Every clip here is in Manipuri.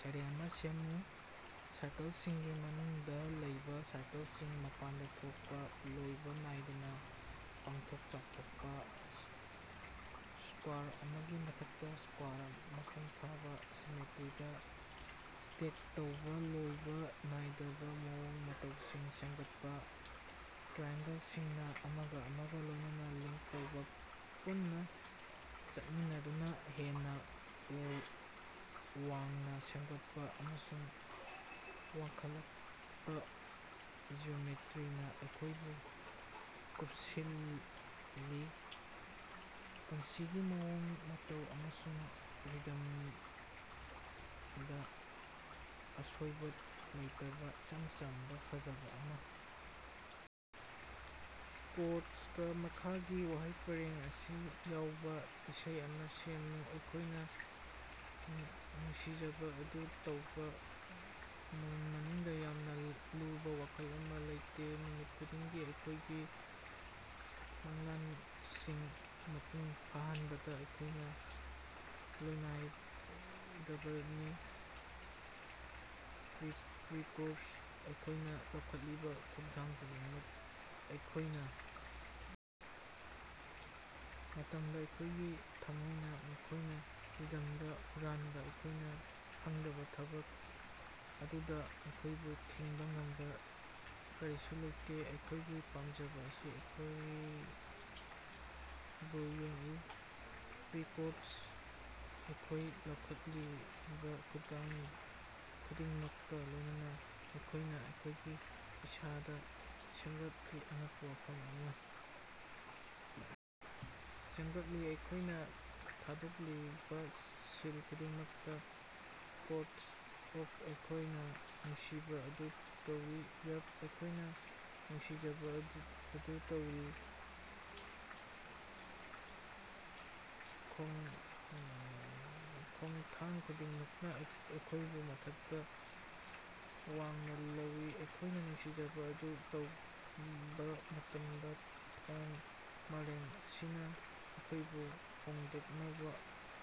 ꯁꯩꯔꯦꯡ ꯑꯃꯥ ꯁꯦꯝꯃꯨ꯫ ꯁꯔꯀꯜꯁꯤꯡꯒꯤ ꯃꯅꯨꯡꯗ ꯂꯩꯕ ꯁꯔꯀꯜꯁꯤꯡ, ꯃꯄꯥꯟꯗ ꯊꯣꯛꯄ, ꯂꯣꯏꯕ ꯅꯥꯏꯗꯅ ꯄꯥꯛꯊꯣꯛ ꯆꯥꯎꯊꯣꯛꯄ꯫ ꯁꯀ꯭ꯋꯥꯔ ꯑꯃꯒꯤ ꯃꯊꯛꯇꯥ ꯁꯀ꯭ꯋꯥꯔ, ꯃꯄꯨꯡ ꯐꯥꯕꯥ ꯁꯤꯃꯦꯇꯔꯤꯗ ꯁ꯭ꯇꯦꯛ ꯇꯧꯕ, ꯂꯣꯏꯕꯥ ꯅꯥꯏꯗꯕ ꯃꯑꯣꯡ ꯃꯇꯧꯁꯤꯡ ꯁꯦꯃꯒꯠꯄꯥ꯫ ꯇ꯭ꯔꯥꯏꯑꯦꯡꯒꯜꯁꯤꯡꯅ ꯑꯃꯒ ꯑꯃꯒ ꯂꯣꯏꯅꯅ ꯂꯤꯡꯛ ꯇꯧꯕ, ꯄꯨꯟꯅ ꯆꯠꯃꯤꯟꯅꯗꯨꯅ, ꯍꯦꯟꯅ ꯋꯥꯡꯅ ꯁꯦꯃꯒꯠꯄ ꯑꯃꯁꯨꯡ ꯋꯥꯡꯈꯠꯂꯛꯄ꯫ ꯖꯤꯑꯣꯃꯦꯇꯔꯤꯅ ꯑꯩꯈꯣꯏꯕꯨ ꯀꯨꯞꯁꯤꯜꯂꯤ, ꯄꯨꯟꯁꯤꯒꯤ ꯃꯑꯣꯡ ꯃꯇꯧ ꯑꯃꯁꯨꯡ ꯔꯤꯗꯝꯗ, ꯑꯁꯣꯏꯕ ꯂꯩꯇꯕ, ꯏꯆꯝ ꯆꯝꯕ ꯐꯖꯕ ꯑꯃ꯫। ꯀꯣꯔꯁꯇ ꯃꯈꯥꯒꯤ ꯋꯥꯍꯩ ꯄꯔꯦꯡ ꯑꯁꯤ ꯌꯥꯎꯕ ꯏꯁꯩ ꯑꯃ ꯁꯦꯝꯃꯨ: "ꯑꯩꯈꯣꯏꯅ ꯅꯨꯡꯁꯤꯖꯕ ꯑꯗꯨ ꯇꯧꯕꯥ! ꯃꯅꯨꯡꯗ ꯌꯥꯝꯅ ꯂꯨꯕ ꯋꯥꯈꯜ ꯑꯃ ꯂꯩꯇꯦ ꯅꯨꯃꯤꯠ ꯈꯨꯗꯤꯡꯒꯤ ꯑꯩꯈꯣꯏꯒꯤ ꯃꯪꯂꯥꯟꯁꯤꯡ ꯃꯄꯨꯡ ꯐꯥꯍꯟꯕꯗ ꯑꯩꯈꯣꯏꯅ ꯂꯣꯠꯂꯣꯏꯗꯕꯅꯤ ꯄ꯭ꯔꯤ-ꯀꯣꯔꯁ: ꯑꯩꯈꯣꯏꯅ ꯂꯧꯈꯠꯂꯤꯕ ꯈꯣꯡꯊꯥꯡ ꯈꯨꯗꯤꯡꯃꯛ ꯑꯩꯈꯣꯏꯅ ꯃꯇꯝꯗ꯫ ꯑꯩꯈꯣꯏꯒꯤ ꯊꯝꯃꯣꯏꯅ ꯃꯈꯣꯏꯅ ꯔꯤꯗꯝꯗ ꯍꯨꯔꯥꯟꯕ ꯑꯩꯈꯣꯏꯅ ꯈꯪꯗꯕ ꯊꯕꯛ ꯑꯗꯨꯗ, ꯑꯩꯈꯣꯏꯕꯨ ꯊꯤꯡꯕ ꯉꯝꯕ ꯀꯔꯤꯁꯨ ꯂꯩꯇꯦ, ꯑꯩꯈꯣꯏꯒꯤ ꯄꯥꯝꯖꯕ ꯑꯁꯤꯅ ꯑꯩꯈꯣꯏꯕꯨ ꯌꯦꯡꯏ꯫ ꯄ꯭ꯔꯤ-ꯀꯣꯔꯁ: ꯑꯩꯈꯣꯏꯅ ꯂꯧꯈꯠꯂꯤꯕ ꯈꯣꯡꯊꯥꯡ ꯈꯨꯗꯤꯡꯃꯛꯀ ꯂꯣꯏꯅꯅ, ꯑꯩꯈꯣꯏꯅ ꯑꯩꯈꯣꯏꯒꯤ ꯏꯁꯥꯗ ꯁꯦꯃꯒꯠꯂꯤ, ꯑꯉꯛꯄ ꯋꯥꯐꯝ ꯑꯃ ꯁꯦꯃꯒꯠꯂꯤ, ꯑꯩꯈꯣꯏꯅ ꯊꯥꯗꯣꯛꯈꯤꯕ ꯁꯤꯜ ꯈꯨꯗꯤꯡꯃꯛꯇ꯫ ꯀꯣꯔꯁ: ꯑꯣꯍ ꯑꯩꯈꯣꯏꯅ ꯅꯨꯡꯁꯤꯖꯕ ꯑꯗꯨ ꯇꯧꯔꯤ, ꯌ꯭ꯍ ꯑꯩꯈꯣꯏꯅ ꯅꯨꯡꯁꯤꯖꯕ ꯑꯗꯨ ꯇꯧꯔꯤ, ꯈꯣꯉꯊꯥꯡ ꯈꯨꯗꯤꯡꯃꯛꯅ ꯑꯩꯈꯣꯏꯕꯨ ꯃꯊꯛꯇ ꯋꯥꯡꯅ ꯂꯧꯏ, ꯑꯩꯈꯣꯏꯅ ꯅꯨꯡꯁꯤꯖꯕ ꯑꯗꯨ ꯇꯧꯕ ꯃꯇꯝꯗ꯫ ꯊꯣꯡ: ꯃꯥꯂꯦꯝ ꯑꯁꯤꯅ ꯑꯩꯈꯣꯏꯕꯨ ꯍꯣꯡꯗꯣꯛꯅꯕ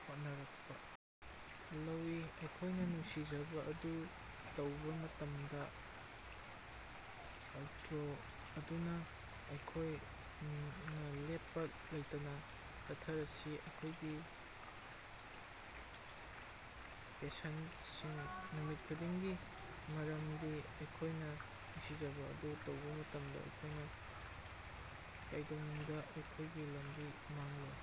ꯍꯣꯠꯅꯔꯛꯄ ꯂꯧꯏ, ꯑꯩꯈꯣꯏꯅ ꯅꯨꯡꯁꯤꯖꯕ ꯑꯗꯨ ꯇꯧꯕ ꯃꯇꯝꯗ꯫ ꯑꯥꯎꯇ꯭ꯔꯣ: ꯑꯗꯨꯅ ꯑꯩꯈꯣꯌꯅꯥ ꯂꯦꯞꯄꯥ ꯂꯩꯇꯅꯥ ꯆꯠꯊꯔꯁꯤ, ꯑꯩꯈꯣꯏꯒꯤ ꯄꯦꯁꯟꯁꯤꯡ ꯅꯨꯃꯤꯠ ꯈꯨꯗꯤꯡꯒꯤ, ꯃꯔꯝꯗꯤ ꯑꯩꯈꯣꯏꯅ ꯅꯨꯡꯁꯤꯖꯕ ꯑꯗꯨ ꯇꯧꯕ ꯃꯇꯝꯗ, ꯑꯩꯈꯣꯏꯅ ꯀꯩꯗꯧꯅꯨꯡꯗ ꯑꯩꯈꯣꯏꯒꯤ ꯂꯝꯕꯤ ꯃꯥꯡꯂꯣꯏ꯫